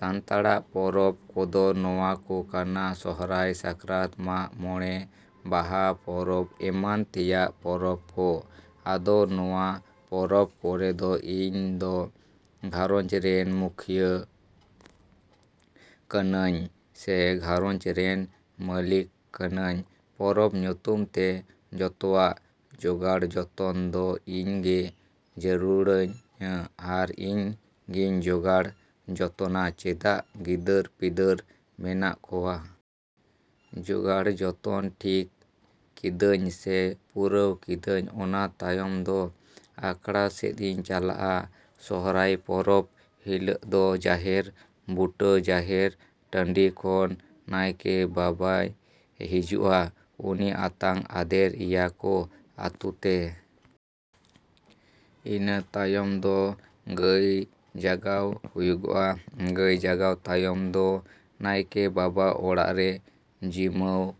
‎ᱥᱟᱱᱛᱟᱲᱟᱜ ᱯᱚᱨᱚᱵᱽ ᱠᱚᱫᱚ ᱱᱚᱶᱟ ᱠᱚ ᱠᱟᱱᱟ ᱥᱚᱨᱦᱟᱭ, ᱥᱟᱠᱨᱟᱛ, ᱢᱟᱜ ᱢᱚᱲᱮ, ᱵᱟᱦᱟ, ᱯᱚᱨᱚᱵᱽ ᱮᱢᱟᱱ ᱛᱮᱭᱟᱜ ᱯᱚᱨᱚᱵᱽ ᱠᱚ᱾ ᱟᱫᱚ ᱱᱚᱶᱟ ᱯᱚᱨᱚᱵᱽ ᱠᱚᱨᱮ ᱫᱚ ᱤᱧ ᱫᱚ ᱜᱷᱟᱸᱨᱚᱧᱡᱽ ᱨᱮᱱ ᱢᱩᱠᱷᱤᱭᱟᱹ ᱠᱟᱹᱱᱟᱹᱧ ᱥᱮ ᱜᱷᱟᱸᱨᱚᱧᱡᱽ ᱨᱮᱱ ᱢᱟᱹᱞᱤᱠ ᱠᱟᱹᱱᱟᱹᱧ᱾ ᱯᱚᱨᱚᱵᱽ ᱧᱩᱛᱩᱢ ᱛᱮ ᱡᱚᱛᱚᱣᱟᱜ ᱡᱚᱜᱟᱲ ᱡᱚᱛᱚᱱ ᱫᱚ ᱤᱧ ᱜᱮ ᱡᱟᱹᱨᱩᱲᱟᱹᱧᱟ ᱟᱨ ᱤᱧ ᱜᱤᱧ ᱡᱚᱜᱟᱲ ᱡᱚᱛᱚᱱᱟ ᱪᱮᱫᱟᱜ ᱜᱤᱫᱟᱹᱨ ᱯᱤᱫᱟᱹᱨ ᱢᱮᱱᱟᱜ ᱠᱚᱣᱟ᱾ ᱡᱚᱜᱟᱲ ᱡᱚᱛᱚᱱ ᱴᱷᱤᱠ ᱠᱤᱫᱟᱹᱧ ᱥᱮ ᱯᱩᱨᱟᱹᱣ ᱠᱮᱫᱟᱹᱧ ᱤᱱᱟᱹ ᱛᱟᱭᱚᱢ ᱫᱚ ᱟᱠᱷᱲᱟ ᱥᱮᱫ ᱤᱧ ᱪᱟᱞᱟᱜᱼᱟ᱾ ᱥᱚᱨᱦᱟᱭ ᱯᱚᱨᱚᱵᱽ ᱦᱤᱞᱳᱜ ᱫᱚ ᱡᱟᱦᱮᱨ ᱵᱩᱴᱟᱹ, ᱡᱟᱦᱮᱨ ᱴᱟᱺᱰᱤ ᱠᱷᱚᱱ ᱱᱟᱭᱠᱮ ᱵᱟᱵᱟᱭ ᱦᱤᱡᱩᱜᱼᱟ᱾ ᱩᱱᱤ ᱟᱛᱟᱝ ᱟᱫᱮᱨ ᱮᱭᱟ ᱠᱚ ᱟᱹᱛᱩ ᱛᱮ᱾ ᱤᱱᱟᱹ ᱛᱟᱭᱚᱢ ᱫᱚ ᱜᱟᱹᱭ ᱡᱟᱜᱟᱣ ᱦᱩᱭᱩᱜᱼᱟ᱾ ᱜᱟᱹᱭ ᱡᱟᱜᱟᱣ ᱛᱟᱭᱚᱢ ᱫᱚ ᱱᱟᱭᱠᱮ ᱵᱟᱵᱟ ᱚᱲᱟᱜ ᱨᱮ ᱡᱤᱢᱢᱟᱹ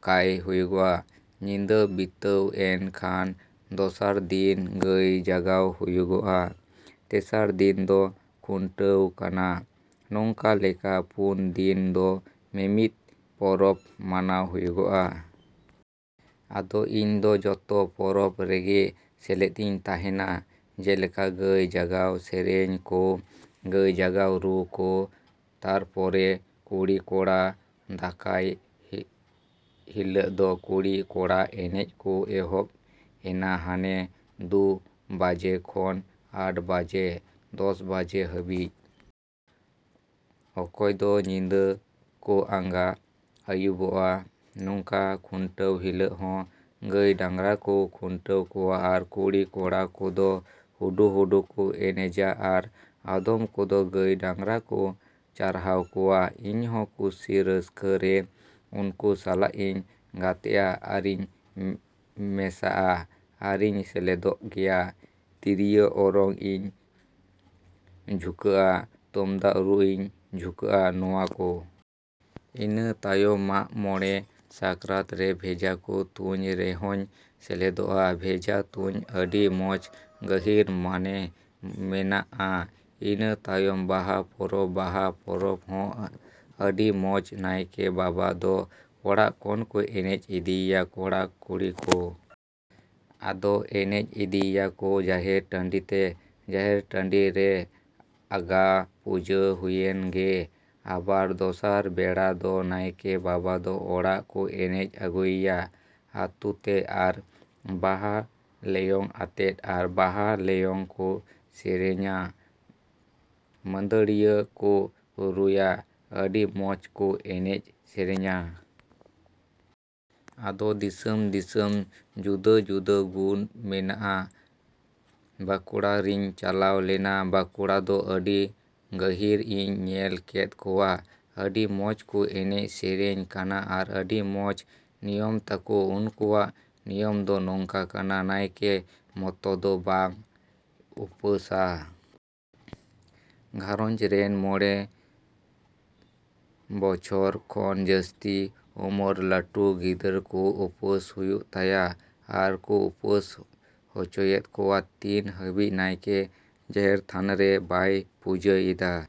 ᱠᱟᱭ ᱦᱩᱭᱩᱜᱼᱟ᱾ ᱧᱤᱫᱟᱹ ᱵᱤᱛᱟᱹᱣ ᱮᱱ ᱠᱷᱟᱱ ᱫᱚᱥᱟᱨ ᱫᱤᱱ ᱜᱟᱹᱭ ᱡᱟᱜᱟᱣ ᱦᱩᱭᱩᱜᱼᱟ᱾ ᱛᱮᱥᱟᱨ ᱫᱤᱱ ᱫᱚ ᱠᱷᱩᱱᱴᱟᱹᱣ ᱠᱟᱱᱟ᱾ ᱱᱚᱝᱠᱟ ᱞᱮᱠᱟ ᱯᱩᱱ ᱫᱤᱱ ᱫᱚ ᱢᱤᱢᱤᱫ ᱯᱚᱨᱚᱵᱽ ᱢᱟᱱᱟᱣ ᱡᱚᱜᱟᱜᱼᱟ᱾ ᱟᱫᱚ ᱤᱧ ᱫᱚ ᱡᱚᱛᱚ ᱯᱚᱨᱚᱵᱽ ᱨᱮᱜᱮ ᱥᱮᱞᱮᱫ ᱤᱧ ᱛᱟᱦᱮᱸᱱᱟ ᱡᱮᱞᱮᱠᱟ, ᱜᱟᱹᱭ ᱡᱟᱜᱟᱣ ᱥᱮᱨᱮᱧ ᱠᱚ, ᱜᱟᱹᱭ ᱡᱟᱜᱟᱣ ᱨᱩ ᱠᱚ, ᱛᱟᱨᱯᱚᱨᱮ ᱠᱩᱲᱤ ᱠᱚᱲᱟ ᱫᱟᱠᱟᱭ ᱦᱤᱞᱳᱜ ᱫᱚ ᱠᱩᱲᱤ ᱠᱚᱲᱟ ᱮᱱᱮᱡ ᱠᱚ ᱮᱦᱚᱵᱽ ᱮᱱᱟ ᱦᱟᱱᱮ ᱫᱩ ᱵᱟᱡᱮ ᱠᱷᱚᱱ ᱟᱴ ᱵᱟᱡᱮ, ᱫᱚᱥ ᱵᱟᱡᱮ ᱦᱟᱹᱵᱤᱡ᱾ ᱚᱠᱚᱭ ᱫᱚ ᱧᱤᱫᱟᱹ ᱠᱚ ᱟᱸᱜᱟ ᱟᱹᱭᱩᱵᱚᱜᱼᱟ ᱱᱚᱝᱠᱟ᱾ ᱠᱷᱩᱱᱴᱟᱹᱣ ᱦᱤᱞᱳᱜ ᱦᱚᱸ ᱜᱟᱹᱭ ᱰᱟᱝᱨᱟ ᱠᱚ ᱠᱷᱩᱱᱴᱟᱹᱣ ᱠᱚᱣᱟ ᱟᱨ ᱠᱩᱲᱤ ᱠᱚᱲᱟ ᱠᱚᱫᱚ ᱦᱩᱰᱩ ᱦᱩᱰᱩ ᱠᱚ ᱮᱱᱮᱡᱟ ᱟᱨ ᱟᱫᱚᱢ ᱠᱚᱫᱚ ᱜᱟᱹᱭ ᱰᱟᱝᱨᱟ ᱠᱚ ᱪᱟᱨᱦᱟᱣ ᱠᱚᱣᱟ᱾ ᱤᱧᱦᱚᱸ ᱠᱩᱥᱤ ᱨᱟᱹᱥᱠᱟᱹ ᱨᱮ ᱩᱱᱠᱩ ᱥᱟᱞᱟᱜ ᱤᱧ ᱜᱟᱛᱮᱜᱼᱟ ᱟᱨᱤᱧ ᱢᱮᱥᱟᱜᱼᱟ ᱟᱨᱤᱧ ᱥᱮᱞᱮᱫᱚᱜ ᱜᱮᱭᱟ, ᱛᱤᱨᱤᱭᱳ ᱚᱨᱚᱝ ᱤᱧ ᱡᱷᱩᱠᱼᱟ, ᱛᱩᱢᱫᱟᱜ ᱨᱩᱧ ᱡᱷᱩᱠᱼᱟ ᱱᱚᱶᱟ ᱠᱚ᱾ ᱤᱱᱟᱹ ᱛᱟᱭᱚᱢ ᱢᱟᱜᱽ ᱢᱚᱬᱮ᱾ ᱥᱟᱠᱨᱟᱛ ᱨᱮ ᱵᱮᱡᱷᱟ ᱠᱚ ᱛᱩᱧ ᱨᱮᱦᱚᱸᱧ ᱥᱮᱞᱮᱫᱚᱜᱼᱟ᱾ ᱵᱮᱡᱷᱟ ᱛᱩᱧᱨᱮ ᱟᱹᱰᱤ ᱢᱚᱸᱡᱽ ᱜᱟᱹᱦᱤᱨ ᱢᱟᱱᱮ ᱢᱮᱱᱟᱜᱼᱟ᱾ ᱤᱱᱟᱹ ᱛᱟᱭᱚᱢ ᱵᱟᱦᱟ ᱯᱚᱨᱚᱵᱽ᱾ ᱵᱟᱦᱟ ᱯᱚᱨᱚᱵᱽ ᱦᱚᱸ ᱟᱹᱰᱤ ᱢᱚᱸᱡᱽ᱾ ᱱᱟᱭᱠᱮ ᱵᱟᱵᱟ ᱫᱚ ᱚᱲᱟᱜ ᱠᱷᱚᱱ ᱠᱚ ᱮᱱᱮᱡ ᱤᱫᱤᱭᱮᱭᱟ ᱠᱚᱲᱟ ᱠᱩᱲᱤ ᱠᱚ᱾ ᱟᱫᱚ ᱮᱱᱮᱡ ᱤᱫᱤᱭᱮᱭᱟ ᱠᱚ ᱡᱟᱦᱮᱨ ᱴᱟᱺᱰᱤᱛᱮ᱾ ᱡᱟᱦᱮᱨ ᱴᱟᱺᱰᱤ ᱨᱮ ᱟᱸᱜᱟ ᱯᱩᱡᱟᱹ ᱦᱩᱭᱮᱱ ᱜᱮ ᱟᱵᱟᱨ ᱫᱚᱥᱟᱨ ᱵᱮᱲᱟ ᱫᱚ ᱱᱟᱭᱠᱮ ᱵᱟᱵᱟ ᱫᱚ ᱚᱲᱟᱜ ᱠᱚ ᱮᱱᱮᱡ ᱟᱹᱜᱩᱭᱮᱭᱟ ᱟᱹᱛᱩᱛᱮ ᱟᱨ ᱵᱟᱦᱟ ᱞᱮᱭᱚᱝ ᱟᱛᱮᱫ ᱟᱨ ᱵᱟᱦᱟ ᱞᱮᱭᱚᱝ ᱠᱚ ᱥᱮᱹᱨᱮᱹᱧᱟ, ᱢᱟᱹᱫᱟᱹᱲᱤᱭᱟᱹ ᱠᱚ ᱨᱩᱭᱟ, ᱟᱹᱰᱤ ᱢᱚᱸᱡᱽ ᱠᱚ ᱮᱱᱮᱡ ᱥᱮᱨᱮᱧᱟ᱾ ᱟᱫᱚ ᱫᱤᱥᱚᱢ ᱫᱤᱥᱚᱢ ᱡᱩᱫᱟᱹ ᱡᱩᱫᱟᱹ ᱜᱩᱱ ᱢᱮᱱᱟᱜᱼᱟ᱾ ᱵᱟᱸᱠᱩᱲᱟ ᱨᱤᱧ ᱪᱟᱞᱟᱣ ᱞᱮᱱᱟ᱾ ᱵᱟᱸᱠᱩᱲᱟ ᱫᱚ ᱟᱹᱰᱤ ᱜᱟᱹᱦᱤᱨ ᱤᱧ ᱧᱮᱞ ᱠᱮᱫ ᱠᱚᱣᱟ᱾ ᱟᱹᱰᱤ ᱢᱚᱸᱡᱽ ᱠᱚ ᱮᱱᱮᱡ ᱥᱮᱹᱨᱮᱹᱧ ᱠᱟᱱᱟ ᱟᱨ ᱟᱹᱰᱤ ᱢᱚᱸᱡᱽ ᱱᱤᱭᱚᱢ ᱛᱟᱠᱚ᱾ ᱩᱱᱠᱩᱣᱟᱜ ᱱᱤᱭᱚᱢ ᱫᱚ ᱱᱚᱝᱠᱟ ᱠᱟᱱᱟ ᱱᱟᱭᱠᱮ ᱢᱚᱛᱚ ᱫᱚ ᱵᱟᱭ ᱩᱯᱟᱹᱥᱟ᱾ ᱜᱷᱟᱸᱨᱚᱧᱡᱽ ᱨᱮᱱ ᱢᱚᱬᱮ ᱵᱚᱪᱷᱚᱨ ᱠᱷᱚᱱ ᱡᱟᱹᱥᱛᱤ ᱩᱢᱟᱹᱨ ᱞᱟᱹᱴᱩ ᱜᱤᱫᱽᱨᱟᱹ ᱫᱚ ᱩᱯᱟᱹᱥ ᱦᱩᱭᱩᱜ ᱛᱟᱭᱟ ᱟᱨ ᱠᱚ ᱩᱯᱟᱹᱥ ᱦᱚᱪᱚᱭᱮᱫ ᱠᱚᱣᱟ᱾ ᱛᱤᱱ ᱦᱟᱹᱵᱤᱡ ᱱᱟᱭᱠᱮ ᱡᱟᱦᱮᱨ ᱛᱷᱟᱱᱨᱮ ᱵᱟᱭ ᱯᱩᱡᱟᱹ ᱮᱫᱟ᱾